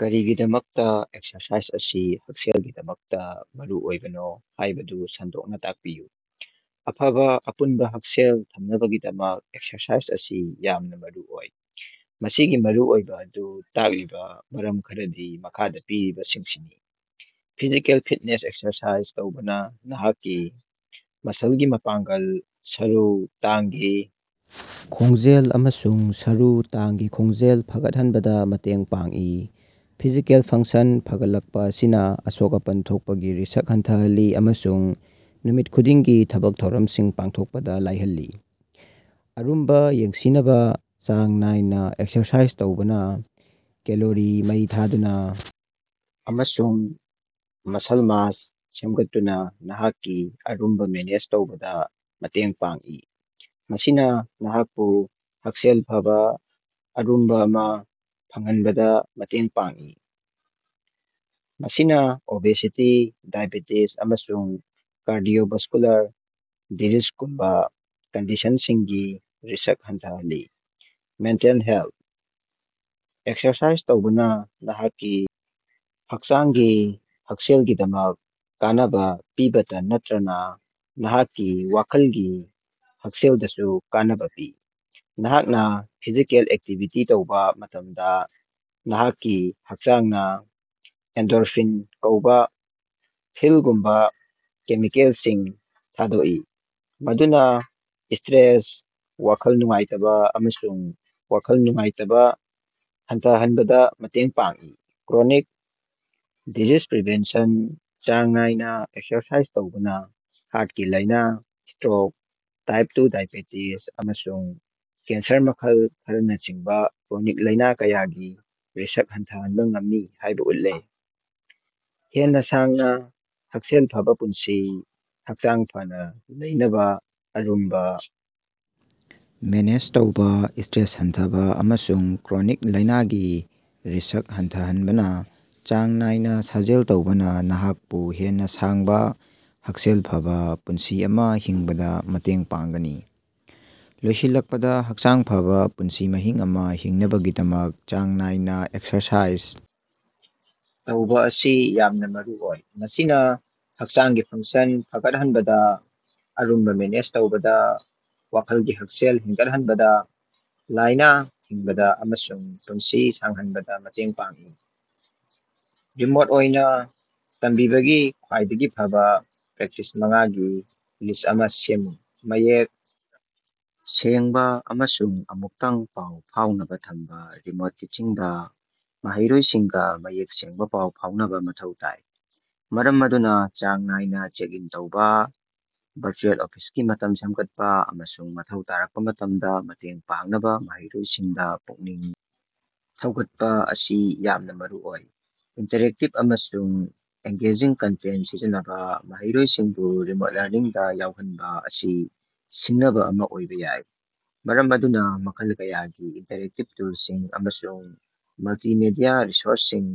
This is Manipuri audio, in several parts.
ꯀꯔꯤꯒꯤꯗꯃꯛꯇ ꯑꯦꯛꯁꯔꯁꯥꯏꯖ ꯑꯁꯤ ꯍꯛꯁꯦꯜꯒꯤꯗꯃꯛꯇꯥ ꯃꯔꯨꯑꯣꯏꯕꯅꯣ ꯍꯥꯏꯕꯗꯨ ꯁꯟꯗꯣꯛꯅ ꯇꯥꯛꯄꯤꯌꯨ꯫ ꯑꯐꯕ ꯑꯄꯨꯟꯕ ꯍꯛꯁꯦꯜ ꯊꯝꯅꯕꯒꯤꯗꯃꯛ ꯑꯦꯛꯁꯔꯁꯥꯏꯖ ꯑꯁꯤ ꯌꯥꯝꯅ ꯃꯔꯨꯑꯣꯏ꯫ ꯃꯁꯤꯒꯤ ꯃꯔꯨꯑꯣꯏꯕꯥ ꯑꯗꯨ ꯇꯥꯛꯂꯤꯕꯥ ꯃꯔꯝ ꯈꯔꯗꯤ ꯃꯈꯥꯗꯥ ꯄꯤꯔꯤꯕꯁꯤꯡꯁꯤꯅꯤ: ꯐꯤꯖꯤꯀꯦꯜ ꯐꯤꯠꯅꯦꯁ ꯑꯦꯛꯁꯔꯁꯥꯏꯖ ꯇꯧꯕꯅꯥ ꯅꯍꯥꯛꯀꯤ ꯃꯁꯂꯒꯤ ꯃꯄꯥꯡꯒꯜ, ꯁꯔꯨ ꯇꯥꯡꯒꯤ ꯈꯣꯡꯖꯦꯜ ꯑꯃꯁꯨꯡ ꯁꯔꯨ ꯇꯥꯡꯒꯤ ꯈꯣꯡꯖꯦꯜ ꯐꯒꯠꯍꯟꯕꯗꯥ ꯃꯇꯦꯡ ꯄꯥꯡꯏ꯫ ꯐꯤꯖꯤꯀꯦꯜ ꯐꯪꯛꯁꯟ ꯐꯒꯠꯂꯛꯄꯥ ꯑꯁꯤꯅꯥ ꯑꯁꯣꯛ-ꯑꯄꯟ ꯊꯣꯛꯄꯒꯤ ꯔꯤꯁꯛ ꯍꯟꯊꯍꯜꯂꯤ ꯑꯃꯁꯨꯡ ꯅꯨꯃꯤꯠ ꯈꯨꯗꯤꯡꯒꯤ ꯊꯕꯛ ꯊꯧꯔꯝꯁꯤꯡ ꯄꯥꯡꯊꯣꯛꯄꯗꯥ ꯂꯥꯏꯍꯜꯂꯤ ꯫ ꯑꯔꯨꯝꯕꯥ ꯌꯦꯡꯁꯤꯅꯕꯥ: ꯆꯥꯡ ꯅꯥꯏꯅꯥ ꯑꯦꯛꯁꯔꯁꯥꯏꯖ ꯇꯧꯕꯅꯥ ꯀꯦꯂꯣꯔꯤ ꯃꯩ ꯊꯥꯗꯨꯅꯥ ꯑꯃꯁꯨꯡ ꯃꯁꯜ ꯃꯥꯁ ꯁꯦꯝꯒꯠꯇꯨꯅꯥ ꯅꯍꯥꯛꯀꯤ ꯑꯔꯨꯝꯕꯥ ꯃꯦꯅꯦꯖ ꯇꯧꯕꯗꯥ ꯃꯇꯦꯡ ꯄꯥꯡꯏ꯫ ꯃꯁꯤꯅꯥ ꯅꯍꯥꯛꯄꯨ ꯍꯛꯁꯦꯜ ꯐꯕꯥ ꯑꯔꯨꯝꯕꯥ ꯑꯃꯥ ꯐꯪꯍꯟꯕꯗꯥ ꯃꯇꯦꯡ ꯄꯥꯡꯏ, ꯃꯁꯤꯅꯥ ꯑꯣꯕꯦꯁꯤꯇꯤ, ꯗꯥꯏꯑꯦꯕꯦꯇꯤꯖ, ꯑꯃꯁꯨꯡ ꯀꯥꯔꯗꯤꯑꯣꯚꯥꯁ꯭ꯀꯨꯂꯥꯔ ꯗꯤꯖꯤꯖꯒꯨꯝꯕꯥ ꯀꯟꯗꯤꯁꯟꯁꯤꯡꯒꯤ ꯔꯤꯁꯛ ꯍꯟꯊꯍꯜꯂꯤ꯫ ꯃꯦꯟꯇꯦꯜ ꯍꯦꯜꯊ: ꯑꯦꯛꯁꯔꯁꯥꯏꯖ ꯇꯧꯕꯅꯥ ꯅꯍꯥꯛꯀꯤ ꯍꯛꯆꯥꯡꯒꯤ ꯍꯛꯁꯦꯜꯒꯤꯗꯃꯛ ꯀꯥꯟꯅꯕꯥ ꯄꯤꯕꯇꯥ ꯅꯠꯇꯔꯅꯥ ꯅꯍꯥꯛꯀꯤ ꯋꯥꯈꯜꯒꯤ ꯍꯛꯁꯦꯜꯗꯁꯨ ꯀꯥꯟꯅꯕꯥ ꯄꯤ꯫ ꯅꯍꯥꯛꯅꯥ ꯐꯤꯖꯤꯀꯦꯜ ꯑꯦꯛꯇꯤꯚꯤꯇꯤ ꯇꯧꯕꯥ ꯃꯇꯝꯗꯥ, ꯅꯍꯥꯛꯀꯤ ꯍꯛꯆꯥꯡꯅꯥ ꯑꯦꯟꯗꯣꯔꯐꯤꯟ ꯀꯧꯕꯥ ꯐꯤꯜ-ꯒꯨꯝꯕ ꯀꯦꯃꯤꯀꯦꯜꯁꯤꯡ ꯊꯥꯗꯣꯛꯏ, ꯃꯗꯨꯅꯥ ꯁ꯭ꯇꯔꯦꯁ, ꯋꯥꯈꯜ ꯅꯨꯡꯉꯥꯏꯇꯕꯥ ꯑꯃꯁꯨꯡ ꯋꯥꯈꯜ ꯅꯨꯡꯉꯥꯏꯇꯕꯥ ꯍꯟꯊꯍꯟꯕꯗꯥ ꯃꯇꯦꯡ ꯄꯥꯡꯏ꯫ ꯀ꯭ꯔꯣꯅꯤꯛ ꯗꯤꯖꯤꯖ ꯄ꯭ꯔꯤꯚꯦꯟꯁꯟ: ꯆꯥꯡ ꯅꯥꯏꯅꯥ ꯑꯦꯛꯁꯔꯁꯥꯏꯖ ꯇꯧꯕꯅꯥ ꯍꯥꯔꯇꯀꯤ ꯂꯥꯏꯅꯥ, ꯁ꯭ꯇꯔꯣꯛ, ꯇꯥꯏꯞ ꯇꯨ ꯗꯥꯏꯑꯦꯕꯦꯇꯤꯖ, ꯑꯃꯁꯨꯡ ꯀꯦꯟꯁꯔ ꯃꯈꯜ ꯈꯔꯅꯆꯤꯡꯕꯥ ꯀ꯭ꯔꯣꯅꯤꯛ ꯂꯥꯏꯅꯥ ꯀꯌꯥꯒꯤ ꯔꯤꯁꯛ ꯍꯟꯊꯍꯟꯕ ꯉꯝꯃꯤ ꯍꯥꯏꯕꯥ ꯎꯠꯂꯦ꯫ ꯍꯦꯟꯅꯥ ꯁꯥꯡꯅꯥ, ꯍꯛꯁꯦꯜ ꯐꯕꯥ ꯄꯨꯟꯁꯤ: ꯍꯛꯆꯥꯡ ꯐꯅꯥ ꯂꯩꯅꯕꯥ, ꯑꯔꯨꯝꯕꯥ ꯃꯦꯅꯦꯖ ꯇꯧꯕꯥ, ꯁ꯭ꯇꯔꯦꯁ ꯍꯟꯊꯍꯟꯕ ꯑꯃꯁꯨꯡ ꯀ꯭ꯔꯣꯅꯤꯛ ꯂꯥꯏꯅꯥꯒꯤ ꯔꯤꯁꯛ ꯍꯟꯊꯍꯟꯕꯅꯥ ꯆꯥꯡ ꯅꯥꯏꯅꯥ ꯁꯥꯖꯦꯜ ꯇꯧꯕꯅꯥ ꯅꯍꯥꯛꯄꯨ ꯍꯦꯟꯅꯥ ꯁꯥꯡꯕꯥ, ꯍꯛꯁꯦꯜ ꯐꯕꯥ ꯄꯨꯟꯁꯤ ꯑꯃꯥ ꯍꯤꯡꯕꯗꯥ ꯃꯇꯦꯡ ꯄꯥꯡꯒꯅꯤ꯫ ꯂꯣꯏꯁꯤꯜꯂꯛꯄꯗꯥ, ꯍꯛꯆꯥꯡ ꯐꯕꯥ ꯄꯨꯟꯁꯤ ꯃꯍꯤꯡ ꯑꯃ ꯍꯤꯡꯅꯕꯒꯤꯗꯃꯛ ꯆꯥꯡ ꯅꯥꯏꯅꯥ ꯑꯦꯛꯁꯔꯁꯥꯏꯖ ꯇꯧꯕꯥ ꯑꯁꯤ ꯌꯥꯝꯅꯥ ꯃꯔꯨꯑꯣꯏ꯫ ꯃꯁꯤꯅꯥ ꯍꯛꯆꯥꯡꯒꯤ ꯐꯪꯛꯁꯟ ꯐꯒꯠꯍꯟꯕꯗꯥ, ꯑꯔꯨꯝꯕꯥ ꯃꯦꯅꯦꯖ ꯇꯧꯕꯗꯥ, ꯋꯥꯈꯜꯒꯤ ꯍꯛꯁꯦꯜ ꯍꯦꯟꯒꯠꯍꯟꯕꯗꯥ, ꯂꯥꯏꯅꯥ ꯊꯤꯡꯕꯗꯥ ꯑꯃꯁꯨꯡ ꯄꯨꯟꯁꯤ ꯁꯥꯡꯍꯟꯕꯗꯥ ꯃꯇꯦꯡ ꯄꯥꯡꯏ꯫ ꯔꯤꯃꯣꯠ ꯑꯣꯏꯅꯥ ꯇꯝꯕꯤꯕꯒꯤ ꯈ꯭ꯋꯥꯏꯗꯒꯤ ꯐꯕꯥ ꯄ꯭ꯔꯦꯛꯇꯤꯁ ꯃꯉꯥ ꯒꯤ ꯂꯤꯁꯠ ꯑꯃ ꯁꯦꯝꯃꯨ꯫ ꯃꯌꯦꯛ ꯁꯦꯡꯕꯥ ꯑꯃꯁꯨꯡ ꯑꯃꯨꯛꯇꯪ ꯄꯥꯎ ꯐꯥꯎꯅꯕꯥ ꯊꯝꯕꯥ ꯔꯤꯃꯣꯠ ꯇꯤꯆꯤꯡꯗꯥ ꯃꯍꯩꯔꯣꯏꯁꯤꯡꯒꯥ ꯃꯌꯦꯛ ꯁꯦꯡꯕꯥ ꯄꯥꯎ ꯐꯥꯎꯅꯕꯥ ꯃꯊꯧ ꯇꯥꯏ, ꯃꯔꯝ ꯑꯗꯨꯅꯥ ꯆꯥꯡ ꯅꯥꯏꯅꯥ ꯆꯦꯛ-ꯏꯟ ꯇꯧꯕꯥ, ꯚꯔꯆꯨꯑꯦꯜ ꯑꯣꯐꯤꯁꯀꯤ ꯃꯇꯝ ꯁꯦꯝꯒꯠꯄꯥ, ꯑꯃꯁꯨꯡ ꯃꯊꯧ ꯇꯥꯔꯛꯄꯥ ꯃꯇꯝꯗ ꯃꯇꯦꯡ ꯄꯥꯡꯅꯕꯥ ꯃꯍꯩꯔꯣꯏꯁꯤꯡꯗꯥ ꯄꯨꯛꯅꯤꯡ ꯊꯧꯒꯠꯄꯥ ꯑꯁꯤ ꯌꯥꯝꯅꯥ ꯃꯔꯨꯑꯣꯏ꯫ ꯏꯟꯇꯔꯦꯛꯇꯤꯕ ꯑꯃꯁꯨꯡ ꯑꯦꯡꯒꯦꯖꯤꯡ ꯀꯟꯇꯦꯟꯇ ꯁꯤꯖꯤꯟꯅꯕꯥ: ꯃꯍꯩꯔꯣꯏꯁꯤꯡꯕꯨ ꯔꯤꯃꯣꯠ ꯂꯔꯅꯤꯡꯗꯥ ꯌꯥꯎꯍꯟꯕꯥ ꯑꯁꯤ ꯁꯤꯡꯅꯕꯥ ꯑꯃ ꯑꯣꯏꯕꯥ ꯌꯥꯏ, ꯃꯔꯝ ꯑꯗꯨꯅꯥ ꯃꯈꯜ ꯀꯌꯥꯒꯤ ꯏꯟꯇꯔꯦꯛꯇꯤꯕ ꯇꯨꯜꯁꯤꯡ ꯑꯃꯁꯨꯡ ꯃꯜꯇꯤꯃꯤꯗꯤꯌꯥ ꯔꯤꯁꯣꯔꯁꯁꯤꯡ,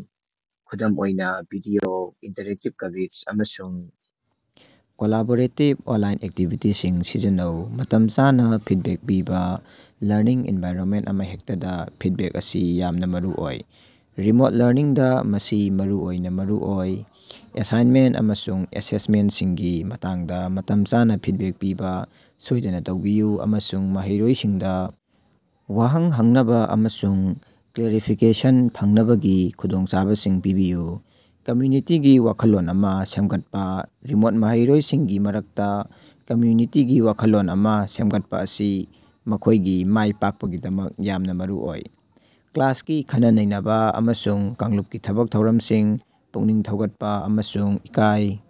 ꯈꯨꯗꯝ ꯑꯣꯏꯅꯥ ꯚꯤꯗꯤꯑꯣ, ꯏꯟꯇꯔꯦꯛꯇꯤꯕ ꯀ꯭ꯕꯤꯖ, ꯑꯃꯁꯨꯡ ꯀꯣꯂꯥꯕꯣꯔꯦꯇꯤꯕ ꯑꯣꯟꯂꯥꯏꯟ ꯑꯦꯛꯇꯤꯕꯤꯇꯤꯁꯤꯡ ꯁꯤꯖꯤꯟꯅꯧ꯫ ꯃꯇꯝ ꯆꯥꯅꯥ ꯐꯤꯗꯕꯦꯛ ꯄꯤꯕꯥ ꯂꯔꯅꯤꯡ ꯑꯦꯟꯚꯥꯏꯔꯅꯃꯦꯟꯇ ꯑꯃꯍꯦꯛꯇꯗꯥ ꯐꯤꯗꯕꯦꯛ ꯑꯁꯤ ꯌꯥꯝꯅꯥ ꯃꯔꯨꯑꯣꯏ, ꯔꯤꯃꯣꯠ ꯂꯔꯅꯤꯡꯗꯥ ꯃꯁꯤ ꯃꯔꯨꯑꯣꯏꯅꯥ ꯃꯔꯨꯑꯣꯏ꯫ ꯑꯦꯁꯥꯏꯟꯃꯦꯟꯇ ꯑꯃꯁꯨꯡ ꯑꯦꯁꯦꯁꯃꯦꯟꯇꯁꯤꯡꯒꯤ ꯃꯇꯥꯡꯗꯥ ꯃꯇꯝ ꯆꯥꯅꯥ ꯐꯤꯗꯕꯦꯛ ꯄꯤꯕꯥ ꯁꯣꯏꯗꯅꯥ ꯇꯧꯕꯤꯌꯨ, ꯑꯃꯁꯨꯡ ꯃꯍꯩꯔꯣꯏꯁꯤꯡꯗꯥ ꯋꯥꯍꯪ ꯍꯪꯅꯕꯥ ꯑꯃꯁꯨꯡ ꯀ꯭ꯂꯦꯔꯤꯐꯤꯀꯦꯁꯟ ꯐꯪꯅꯕꯒꯤ ꯈꯨꯗꯣꯡꯆꯥꯕꯁꯤꯡ ꯄꯤꯕꯤꯌꯨ꯫ ꯀꯝꯃ꯭ꯌꯨꯅꯤꯇꯤꯒꯤ ꯋꯥꯈꯜꯂꯣꯟ ꯑꯃꯥ ꯁꯦꯝꯒꯠꯄꯥ: ꯔꯤꯃꯣꯠ ꯃꯍꯩꯔꯣꯏꯁꯤꯡꯒꯤ ꯃꯔꯛꯇꯥ ꯀꯝꯃ꯭ꯌꯨꯅꯤꯇꯤꯒꯤ ꯋꯥꯈꯜꯂꯣꯟ ꯑꯃꯥ ꯁꯦꯝꯒꯠꯄꯥ ꯑꯁꯤ ꯃꯈꯣꯏꯒꯤ ꯃꯥꯏ ꯄꯥꯛꯄꯒꯤꯗꯃꯛ ꯌꯥꯝꯅꯥ ꯃꯔꯨꯑꯣꯏ꯫ ꯀ꯭ꯂꯥꯁꯀꯤ ꯈꯟꯅ-ꯅꯩꯅꯕꯥ ꯑꯃꯁꯨꯡ ꯀꯥꯡꯂꯨꯞꯀꯤ ꯊꯕꯛ-ꯊꯧꯔꯝꯁꯤꯡ ꯄꯨꯛꯅꯤꯡ ꯊꯧꯒꯠꯄꯥ, ꯑꯃꯁꯨꯡ ꯏꯀꯥꯏ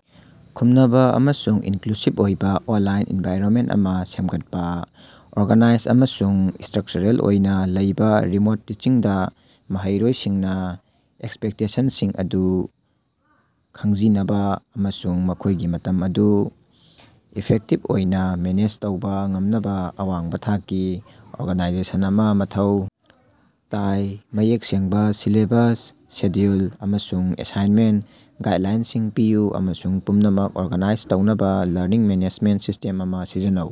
ꯈꯨꯝꯅꯕꯥ ꯑꯃꯁꯨꯡ ꯏꯟꯀꯂꯨꯁꯤꯚ ꯑꯣꯏꯕꯥ ꯑꯣꯟꯂꯥꯏꯟ ꯑꯦꯟꯚꯥꯏꯔꯅꯃꯦꯟꯇ ꯑꯃꯥ ꯁꯦꯝꯒꯠꯄꯥ꯫ ꯑꯣꯔꯒꯥꯅꯥꯏꯖ ꯑꯃꯁꯨꯡ ꯁ꯭ꯇꯔꯛꯆꯔꯦꯜ ꯑꯣꯏꯅꯥ ꯂꯩꯕꯥ ꯔꯤꯃꯣꯠ ꯇꯤꯆꯤꯡꯗꯥ ꯃꯍꯩꯔꯣꯏꯁꯤꯡꯅ ꯑꯦꯛꯁꯄꯦꯛꯇꯦꯁꯟꯁꯤꯡ ꯑꯗꯨ ꯈꯪꯖꯤꯅꯕꯥ ꯑꯃꯁꯨꯡ ꯃꯈꯣꯏꯒꯤ ꯃꯇꯝ ꯑꯗꯨ ꯏꯐꯦꯛꯇꯤꯚ ꯑꯣꯏꯅꯥ ꯃꯦꯅꯦꯖ ꯇꯧꯕꯥ ꯉꯝꯅꯕꯥ ꯑꯋꯥꯡꯕ ꯊꯥꯛꯀꯤ ꯑꯣꯔꯒꯥꯅꯥꯏꯖꯦꯁꯟ ꯑꯃꯥ ꯃꯊꯧ ꯇꯥꯏ꯫ ꯃꯌꯦꯛ ꯁꯦꯡꯕꯥ ꯁꯤꯂꯦꯕꯁ, ꯁꯦꯗ꯭ꯌꯨꯜ, ꯑꯃꯁꯨꯡ ꯑꯦꯁꯥꯏꯟꯃꯦꯟꯇ ꯒꯥꯏꯗꯂꯥꯏꯟꯁꯤꯡ ꯄꯤꯌꯨ, ꯑꯃꯁꯨꯡ ꯄꯨꯝꯅꯃꯛ ꯑꯣꯔꯒꯥꯅꯥꯏꯖ ꯇꯧꯅꯕ ꯂꯔꯅꯤꯡ ꯃꯦꯅꯦꯖꯃꯦꯟꯇ ꯁꯤꯁꯇꯦꯝ ꯑꯃꯥ ꯁꯤꯖꯤꯟꯅꯧ꯫